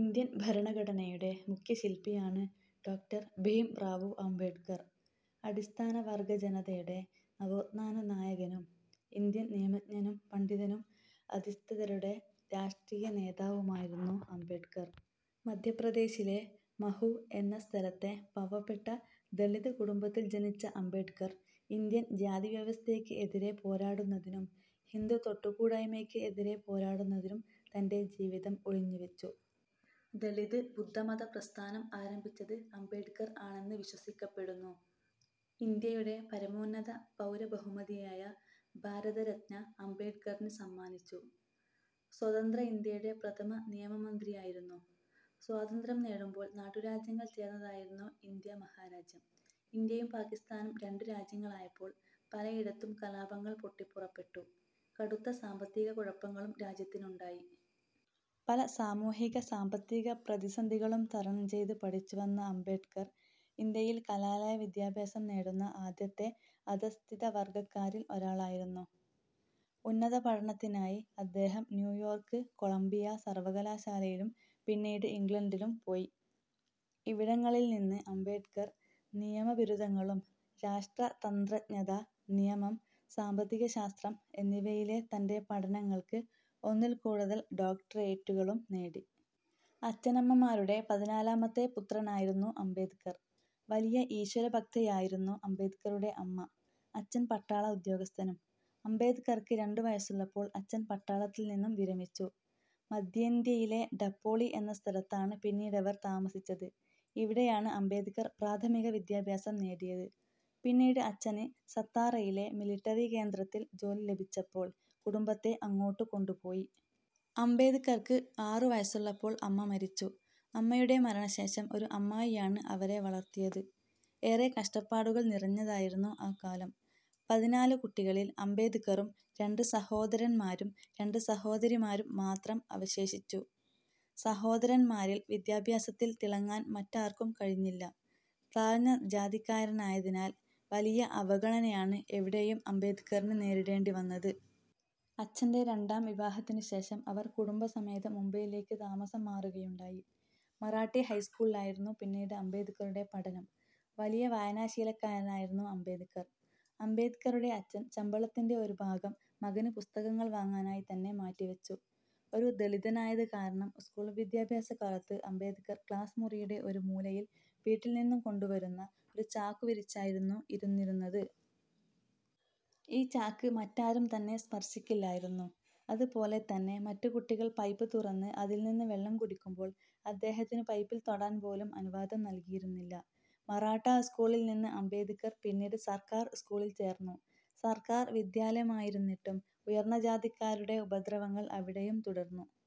Indian ഭരണഘടനയുടെ മുഖ്യ ശില്പിയാണ് ഡോ. ഭീംറാവു അംബേഡ്കർ. അടിസ്ഥാനവർഗ്ഗ ജനതയുടെ നവോത്ഥാന നായകനും ഇന്ത്യൻ നിയമജ്ഞനും പണ്ഡിതനും അധഃസ്ഥിതരുടെ രാഷ്ട്രീയ നേതാവുമായിരുന്നു അംബേഡ്കർ. മധ്യപ്രദേശിലെ മ്ഹൌ എന്ന സ്ഥലത്തെ പാവപ്പെട്ട ദളിത് കുടുംബത്തിൽ ജനിച്ച അംബേഡ്കർ ഇന്ത്യൻ ജാതിവ്യവസ്ഥയ്ക്ക് എതിരേ പോരാടുന്നതിനും ഹിന്ദു തൊടുകൂടായ്മയ്ക്ക് എതിരേ പോരാടുന്നതിനും തന്റെ ജീവിതം ഉഴിഞ്ഞുവെച്ചു. ദളിത് ബുദ്ധമത പ്രസ്ഥാനം ആരംഭിച്ചത് അംബേഡ്കർ ആണെന്ന് വിശ്വസിക്കപ്പെടുന്നു. ഇന്ത്യയുടെ പരമോന്നത പൗരബഹുമതിയായ ഭാരതരത്ന അംബേഡ്കറിന് സമ്മാനിച്ചു. സ്വതന്ത്ര ഇന്ത്യയുടെ പ്രഥമ നിയമമന്ത്രിയായിരുന്നു. സ്വാതന്ത്ര്യം നേടുമ്പോൾ നാട്ടുരാജ്യങ്ങൾ ചേർന്നതായിരുന്നു ഇന്ത്യാ മഹാരാജ്യം. ഇന്ത്യയും പാകിസ്താനും രണ്ടു രാജ്യങ്ങളായപ്പോൾ പലയിടത്തും കലാപങ്ങൾ പൊട്ടിപ്പുറപ്പെട്ടു. കടുത്ത സാമ്പത്തിക കുഴപ്പങ്ങളും രാജ്യത്തിനുണ്ടായി. പല സാമൂഹിക സാമ്പത്തിക പ്രതിസന്ധികളും തരണം ചെയ്ത് പഠിച്ചുവന്ന അംബേഡ്കർ ഇന്ത്യയിൽ കലാലയ വിദ്യാഭ്യാസം നേടുന്ന ആദ്യത്തെ അധഃസ്ഥിതവർഗ്ഗക്കാരിൽ ഒരാളായിരുന്നു. ഉന്നതപഠനത്തിനായി അദ്ദേഹം ന്യൂയോർക്ക് കൊളംബിയ സർവ്വകലാശാലയിലും പിന്നീട് ഇംഗ്ലണ്ടിലും പോയി. ഇവിടങ്ങളിൽ നിന്ന് അംബേഡ്കർ നിയമബിരുദങ്ങളും രാഷ്ട്രതന്ത്രജ്ഞത, നിയമം, സാമ്പത്തികശാസ്ത്രം എന്നിവയിലെ തന്റെ പഠനങ്ങൾക്ക് ഒന്നിൽ കൂടുതൽ ഡോക്ടറേറ്റുകളും നേടി. അചഛനമ്മമാരുടെ പതിനാലാമത്തെ പുത്രനായിരുന്നു അംബേദ്കർ. വലിയ ഈശ്വരഭക്തയായിരുന്നു അംബേദ്കറുടെ അമ്മ. അച്ഛൻ പട്ടാള ഉദ്യോഗസ്ഥനും. അംബേദ്കർക്ക് രണ്ടു വയസ്സുള്ളപ്പോൾ അച്ഛൻ പട്ടാളത്തിൽ നിന്നും വിരമിച്ചു. മധ്യേന്ത്യയിലെ ഡപ്പോളി എന്ന സ്ഥലത്താണ് പിന്നീടവർ താമസിച്ചത്. ഇവിടെയാണ് അംബേദ്കർ പ്രാഥമിക വിദ്യാഭ്യാസം നേടിയത്. പിന്നീട് അച്ഛന് സത്താറയിലെ മിലിട്ടറി കേന്ദ്രത്തിൽ ജോലി ലഭിച്ചപ്പോൾ കുടുംബത്തെ അങ്ങോട്ടു കൊണ്ടുപോയി. അംബേദ്കർക്ക് ആറു വയസ്സുള്ളപ്പോൾ അമ്മ മരിച്ചു. അമ്മയുടെ മരണശേഷം ഒരു അമ്മായിയാണ് അവരെ വളർത്തിയത്. ഏറെ കഷ്ട്ടപ്പാടുകൾ നിറഞ്ഞതായിരുന്നു ആ കാലം. പതിനാല് കുട്ടികളിൽ അംബേദ്കറും രണ്ടു സഹോദരന്മാരും രണ്ടു സഹോദരിമാരും മാത്രം അവശേഷിച്ചു. സഹോദരന്മാരിൽ വിദ്യാഭ്യാസത്തിൽ തിളങ്ങാൻ മറ്റാർക്കും കഴിഞ്ഞില്ല. താഴ്ന്ന ജാതിക്കാരനായതിനാൽ വലിയ അവഗണനയാണ് എവിടെയും അംബേദ്കറിന് നേരിടേണ്ടി വന്നത്. അച്ഛന്റെ രണ്ടാം വിവാഹത്തിനു ശേഷം അവർ കുടുംബസമേതം മുംബൈയിലേക്ക് താമസം മാറുകയുണ്ടായി. മറാഠി ഹൈസ്ക്കൂളിലായിരുന്നു പിന്നീട് അംബേദ്കറുടെ പഠനം. വലിയ വായനാശീലക്കാരനായിരുന്നു അംബേദ്ക്കർ. അംബേദ്ക്കറുടെ അച്ഛൻ ശമ്പളത്തിന്റെ ഒരു ഭാഗം മകന് പുസ്തകങ്ങൾ വാങ്ങാനായി തന്നെ മാറ്റി വച്ചു. ഒരു ദളിതനായത് കാരണം സ്ക്കൂൾ വിദ്യഭ്യാസ കാലത്ത് അംബേദ്ക്കർ ക്ലാസ്മുറിയുടെ ഒരു മൂലയിൽ വീട്ടിൽ നിന്നു കൊണ്ടുവരുന്ന ഒരു ചാക്കു വിരിച്ചായിരിന്നു ഇരുന്നിരുന്നത്. ഈ ചാക്ക് മറ്റാരും തന്നെ സ്പർശിക്കുകയില്ലായിരുന്നു. അത് പോലെ തന്നെ മറ്റ് കുട്ടികൾ പൈപ്പ് തുറന്ന് അതിൽ നിന്ന് വെള്ളം കുടിക്കുമ്പോൾ അദ്ദേഹത്തിനു പൈപ്പിൽ തൊടാൻ പോലും അനുവാദം നൽകിയിരുന്നില്ല. മറാഠാ സ്ക്കൂളിൽ നിന്ന് അംബേദ്കർ പിന്നീട് സർക്കാർ സ്കൂളിൽ ചേർന്നു. സർക്കാർ വിദ്യാലയമായിരുന്നിട്ടും ഉയർന്ന ജാതിക്കാരുടെ ഉപദ്രവങ്ങൾ അവിടെയും തുടർന്നു.